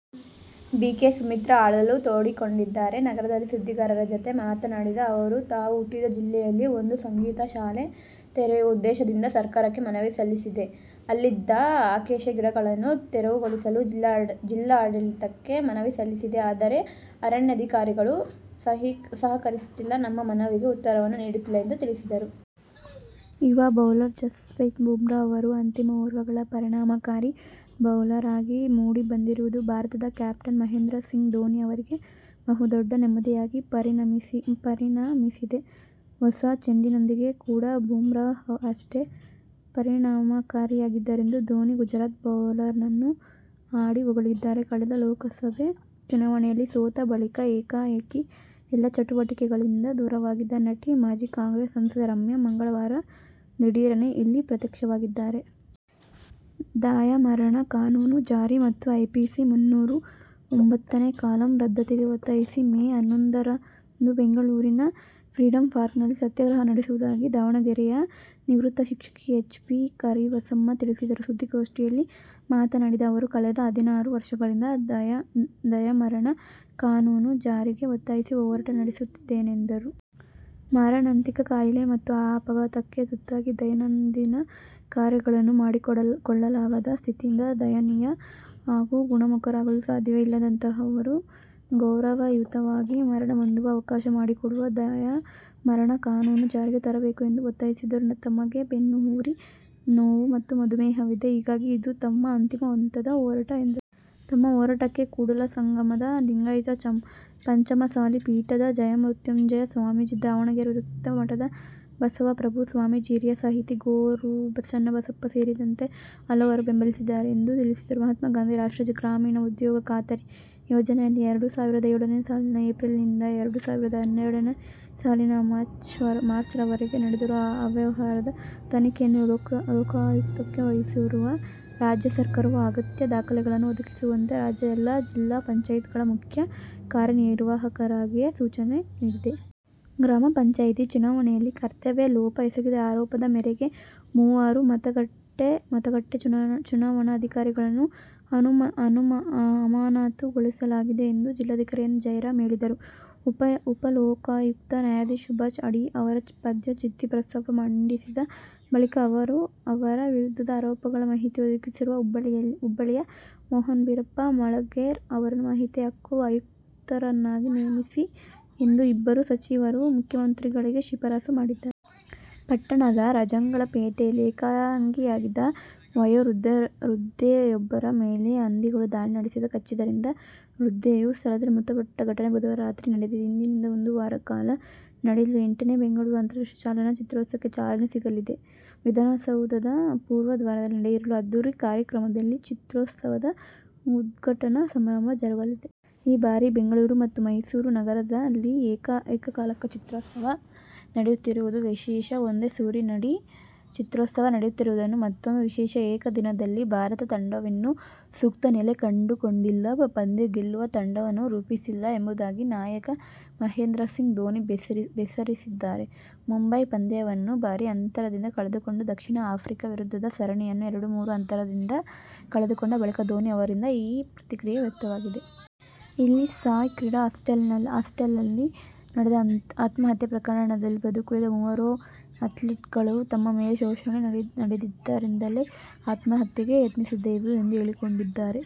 BK. Sumitra ಅಳಲು ತೋಡಿಕೊಂಡಿದ್ದಾರೆ. ನಗರದಲ್ಲಿ ಸುದ್ದಿಗಾರರ ಜತೆ ಮಾತನಾಡಿದ ಅವರು, ತಾವು ಹುಟ್ಟಿದ ಜಿಲ್ಲೆಯಲ್ಲಿ ಒಂದು ಸಂಗೀತ ಶಾಲೆ ತೆರೆಯುವ ಉದ್ದೇಶದಿಂದ ಸರ್ಕಾರಕ್ಕೆ ಮನವಿ ಸಲ್ಲಿಸಿದ್ದೆ. ಅಲ್ಲಿದ್ದ ಅಕೇಶಿಯಾ ಗಿಡಗಳನ್ನು ತೆರವುಗೊಳಿಸಲು ಜಿಲ್ಲಾಡಳಿತಕ್ಕೆ ಮನವಿ ಸಲ್ಲಿಸಿದ್ದೆ. ಆದರೆ ಅರಣ್ಯಾಧಿಕಾರಿಗಳು ಸಹಕರಿಸುತ್ತಿಲ್ಲ, ನಮ್ಮ ಮನವಿಗೆ ಉತ್ತರವನ್ನೂ ನೀಡುತ್ತಿಲ್ಲ ಎಂದು ತಿಳಿಸಿದರು. ಯುವ ಬೌಲರ್ ಜಸ್ಪ್ರೀತ್ ಬುಮ್ರಾಹ್ ಅವರು "ಅಂತಿಮ ಓವರ್ಗಳ' ಪರಿಣಾಮಕಾರಿ ಬೌಲರ್ ಆಗಿ ಮೂಡಿಬಂದಿರುವುದು ಭಾರತದ ಕ್ಯಾಪ್ಟನ್ ಮಹೇಂದ್ರ ಸಿಂಗ್ ಧೋನಿ ಅವರಿಗೆ ಬಹುದೊಡ್ಡ ನೆಮ್ಮದಿಯಾಗಿ ಪರಿಣಮಿಸಿದೆ. ಹೊಸ ಚೆಂಡಿನೊಂದಿಗೆ ಕೂಡ ಬುಮ್ರಾಹ್ ಅಷ್ಟೇ ಪರಿಣಾಮಕಾರಿಯಾಗಿದ್ದಾರೆಂದು ಧೋನಿ ಗುಜರಾತ್ ಬೌಲರ್ನನ್ನು ಹಾಡಿ ಹೊಗಳಿದ್ದಾರೆ. ಕಳೆದ ಲೋಕಸಭೆ ಚುನಾವಣೆಯಲ್ಲಿ ಸೋತ ಬಳಿಕ ಏಕಾಏಕಿ ಎಲ್ಲ ಚಟುವಟಿಕೆಗಳಿಂದ ದೂರವಾಗಿದ್ದ ನಟಿ, ಮಾಜಿ ಕಾಂಗ್ರೆಸ್ ಸಂಸದೆ ರಮ್ಯಾ ಮಂಗಳವಾರ ದಿಢೀರನೇ ಇಲ್ಲಿ ಪ್ರತ್ಯಕ್ಷವಾಗಿದ್ದಾರೆ. ದಯಾಮರಣ ಕಾನೂನು ಜಾರಿ ಮತ್ತು ಐಪಿಸಿ ಮುನ್ನೂರ ಒಂಬತ್ತನೇ ಕಲಂ ರದ್ದತಿಗೆ ಒತ್ತಾಯಿಸಿ ಮೇ ಹನ್ನೊಂದರಂದು ಬೆಂಗಳೂರಿನ ಫ್ರೀಡಂ ಪಾರ್ಕ್ನಲ್ಲಿ ಸತ್ಯಾಗ್ರಹ ನಡೆಸುವುದಾಗಿ ದಾವಣಗೆರೆಯ ನಿವೃತ್ತ ಶಿಕ್ಷಕಿ ಎಚ್. ಬಿ. ಕರಿಬಸಮ್ಮ ತಿಳಿಸಿದರು. ಸುದ್ದಿಗೋಷ್ಠಿಯಲ್ಲಿ ಮಾತನಾಡಿದ ಅವರು, ಕಳೆದ ಹದಿನಾರು ವರ್ಷಗಳಿಂದ ದಯಾಮರಣ ಕಾನೂನು ಜಾರಿಗೆ ಒತ್ತಾಯಿಸಿ ಹೋರಾಟ ನಡೆಸುತ್ತಿದ್ದೇನೆ ಎಂದರು. ಮಾರಣಾಂತಿಕ ಕಾಯಿಲೆ ಮತ್ತು ಅಪಘಾತಕ್ಕೆ ತುತ್ತಾಗಿ ದೈನಂದಿನ ಕಾರ್ಯಗಳನ್ನು ಮಾಡಿಕೊಳ್ಳಲಾಗದ ಸ್ಥಿತಿಯಿದೆ. ದಯನೀಯ ಹಾಗೂ ಗುಣಮುಖರಾಗಲು ಸಾಧ್ಯವೇ ಇಲ್ಲದಂತಹವರು ಗೌರವಯುತವಾಗಿ ಮರಣ ಹೊಂದುವ ಅವಕಾಶ ಮಾಡಿಕೊಡುವ ದಯಾಮರಣ ಕಾನೂನು ಜಾರಿಗೆ ತರಬೇಕು ಎಂದು ಒತ್ತಾಯಿಸಿದರು. ತಮಗೆ ಬೆನ್ನುಹುರಿ ನೋವು ಮತ್ತು ಮಧುಮೇಹವಿದೆ. ಹೀಗಾಗಿ ಇದು ತಮ್ಮ ಅಂತಿಮ ಹಂತದ ಹೋರಾಟ ಎಂದರು. ತಮ್ಮ ಹೋರಾಟಕ್ಕೆ ಕೂಡಲಸಂಗಮದ ಲಿಂಗಾಯತ ಪಂಚಮಸಾಲಿ ಪೀಠದ ಜಯಮೃತ್ಯುಂಜಯ ಸ್ವಾಮೀಜಿ, ದಾವಣಗೆರೆ ವಿರಕ್ತ ಮಠದ ಬಸವಪ್ರಭು ಸ್ವಾಮೀಜಿ, ಹಿರಿಯ ಸಾಹಿತಿ ಗೊ. ರು. ಚನ್ನಬಸಪ್ಪ ಸೇರಿದಂತೆ ಹಲವರು ಬೆಂಬಲಿಸಿದ್ದಾರೆ ಎಂದು ತಿಳಿಸಿದರು. ಮಹಾತ್ಮ ಗಾಂಧಿ ರಾಷ್ಟ್ರೀಯ ಗ್ರಾಮೀಣ ಉದ್ಯೋಗ ಖಾತರಿ ಯೋಜನೆಯಲ್ಲಿ ಎರಡು ಸಾವಿರದ ಏಳನೇ ಸಾಲಿನ ಏಪ್ರಿಲ್ನಿಂದ ಎರಡು ಸಾವಿರದ ಹನ್ನೆರಡನೇ ಸಾಲಿನ ಮಾರ್ಚ್ವರವರಗೆ ನಡೆದಿರುವ ಅವ್ಯವಹಾರದ ತನಿಖೆಯನ್ನು ಲೋಕಾಯುಕ್ತಕ್ಕೆ ವಹಿಸಿರುವ ರಾಜ್ಯ ಸರ್ಕಾರವು ಅಗತ್ಯ ದಾಖಲೆಗಳನ್ನು ಒದಗಿಸುವಂತೆ ರಾಜ್ಯದ ಎಲ್ಲಾ ಜಿಲ್ಲಾ ಪಂಚಾಯತ್ಗಳ ಮುಖ್ಯ ಕಾರ್ಯನಿರ್ವಾಹಕರಿಗೆ ಸೂಚನೆ ನೀಡಿದೆ. ಗ್ರಾಮ ಪಂಚಾಯಿತಿ ಚುನಾವಣೆಯಲ್ಲಿ ಕರ್ತವ್ಯ ಲೋಪ ಎಸಗಿದ ಆರೋಪದ ಮೇರೆಗೆ ಮೂವರು ಮತಗಟ್ಟೆ ಚುನಾವಣಾಧಿಕಾರಿಗಳನ್ನು ಅಮಾನತುಗೊಳಿಸಲಾಗಿದೆ ಎಂದು ಜಿಲ್ಲಾಧಿಕಾರಿ ಎನ್. ಜಯರಾಮ್ ಹೇಳಿದರು. ಉಪಲೋಕಾಯುಕ್ತ ನ್ಯಾಯಾಧೀಶ ಸುಭಾಷ್ ಅಡಿ ಅವರ ಪದಚ್ಯುತಿ ಪ್ರಸ್ತಾಪ ಮಂಡಿಸಿದ ಬಳಿಕ ಅವರ ವಿರುದ್ಧದ ಆರೋಪಗಳ ಮಾಹಿತಿ ಒದಗಿಸಿರುವ ಹುಬ್ಬಳ್ಳಿಯ ಮೋಹನ್ ಬೀರಪ್ಪ ಮಾಳಗೇರ್ ಅವರನ್ನು ಮಾಹಿತಿ ಹಕ್ಕು ಆಯುಕ್ತರನ್ನಾಗಿ ನೇಮಿಸಿ ಎಂದು ಇಬ್ಬರು ಸಚಿವರು ಮುಖ್ಯಮಂತ್ರಿಗಳಿಗೆ ಶಿಫಾರಸು ಮಾಡಿದ್ದಾರೆ. ಪಟ್ಟಣದ ರಜಂಗಳ ಪೇಟೆಯಲ್ಲಿ ಏಕಾಂಗಿಯಾಗಿದ್ದ ವಯೋವೃದ್ಧೆಯೊಬ್ಬರ ಮೇಲೆ ಹಂದಿಗಳು ದಾಳಿ ನಡೆಸಿ ಕಚ್ಚಿದ್ದರಿಂದ ವೃದ್ಧೆಯು ಸ್ಥಳದಲ್ಲೇ ಮೃತಪಟ್ಟ ಘಟನೆ ಬುಧವಾರ ರಾತ್ರಿ ನಡೆದಿದೆ. ಇಂದಿನಿಂದ ಒಂದು ವಾರ ಕಾಲ ನಡೆಯಲಿರುವ ಎಂಟನೇ ಬೆಂಗಳೂರು ಅಂತಾಷ್ಟ್ರೀಯ ಚಲನಚಿತ್ರೋತ್ಸವಕ್ಕೆ ಚಾಲನೆ ಸಿಗಲಿದೆ. ವಿಧಾನಸೌಧದ ಪೂರ್ವ ದ್ವಾರದಲ್ಲಿ ನಡೆಯಲಿರುವ ಅದ್ಧೂರಿ ಕಾರ್ಯಕ್ರಮದಲ್ಲಿ ಚಿತ್ರೋತ್ಸವದ ಉದ್ಘಾಟನಾ ಸಮಾರಂಭ ಜರುಗಲಿದೆ. ಈ ಬಾರಿ ಬೆಂಗಳೂರು ಮತ್ತು ಮೈಸೂರು ನಗರದಲ್ಲಿ ಏಕಕಾಲಕ್ಕೆ ಚಿತ್ರೋತ್ಸವ ನಡೆಯುತ್ತಿರುವುದು ವಿಶೇಷ. ಒಂದೇ ಸೂರಿನಡಿ ಚಿತ್ರೋತ್ಸವ ನಡೆಯುತ್ತಿರುವುದು ಮತ್ತೂಂದು ವಿಶೇಷ. ಏಕದಿನದಲ್ಲಿ ಭಾರತ ತಂಡವಿನ್ನೂ ಸೂಕ್ತ ನೆಲೆ ಕಂಡುಕೊಂಡಿಲ್ಲ, ಪಂದ್ಯ ಗೆಲ್ಲುವ ತಂಡವನ್ನು ರೂಪಿಸಿಲ್ಲ ಎಂಬುದಾಗಿ ನಾಯಕ ಮಹೇಂದ್ರ ಸಿಂಗ್ ಧೋನಿ ಬೇಸರಿಸಿದ್ದಾರೆ. ಮುಂಬಯಿ ಪಂದ್ಯವನ್ನು ಭಾರೀ ಅಂತರದಿಂದ ಕಳೆದುಕೊಂಡು, ದಕ್ಷಿಣ ಆಫ್ರಿಕಾ ವಿರುದ್ಧದ ಸರಣಿಯನ್ನು ಎರಡು-ಮೂರು ಅಂತರದಿಂದ ಕಳೆದುಕೊಂಡ ಬಳಿಕ ಧೋನಿ ಅವರಿಂದ ಈ ಪ್ರತಿಕ್ರಿಯೆ ವ್ಯಕ್ತವಾಗಿದೆ. ಇಲ್ಲಿನ ಸಾಯ್ ಕ್ರೀಡಾ ಹಾಸ್ಟೆಲ್ನಲ್ಲಿ ನಡೆದ ಆತ್ಮಹತ್ಯೆ ಪ್ರಕರಣದಲ್ಲಿ ಬದುಕುಳಿದ ಮೂವರು ಅಥ್ಲೀಟ್ಗಳು ತಮ್ಮ ಮೇಲೆ ಶೋಷಣೆ ನಡೆದಿದ್ದರಿಂದಲೇ ಆತ್ಮಹತ್ಯೆಗೆ ಯತ್ನಿಸಿದೆವು ಎಂದು ಹೇಳಿಕೊಂಡಿದ್ದಾರೆ.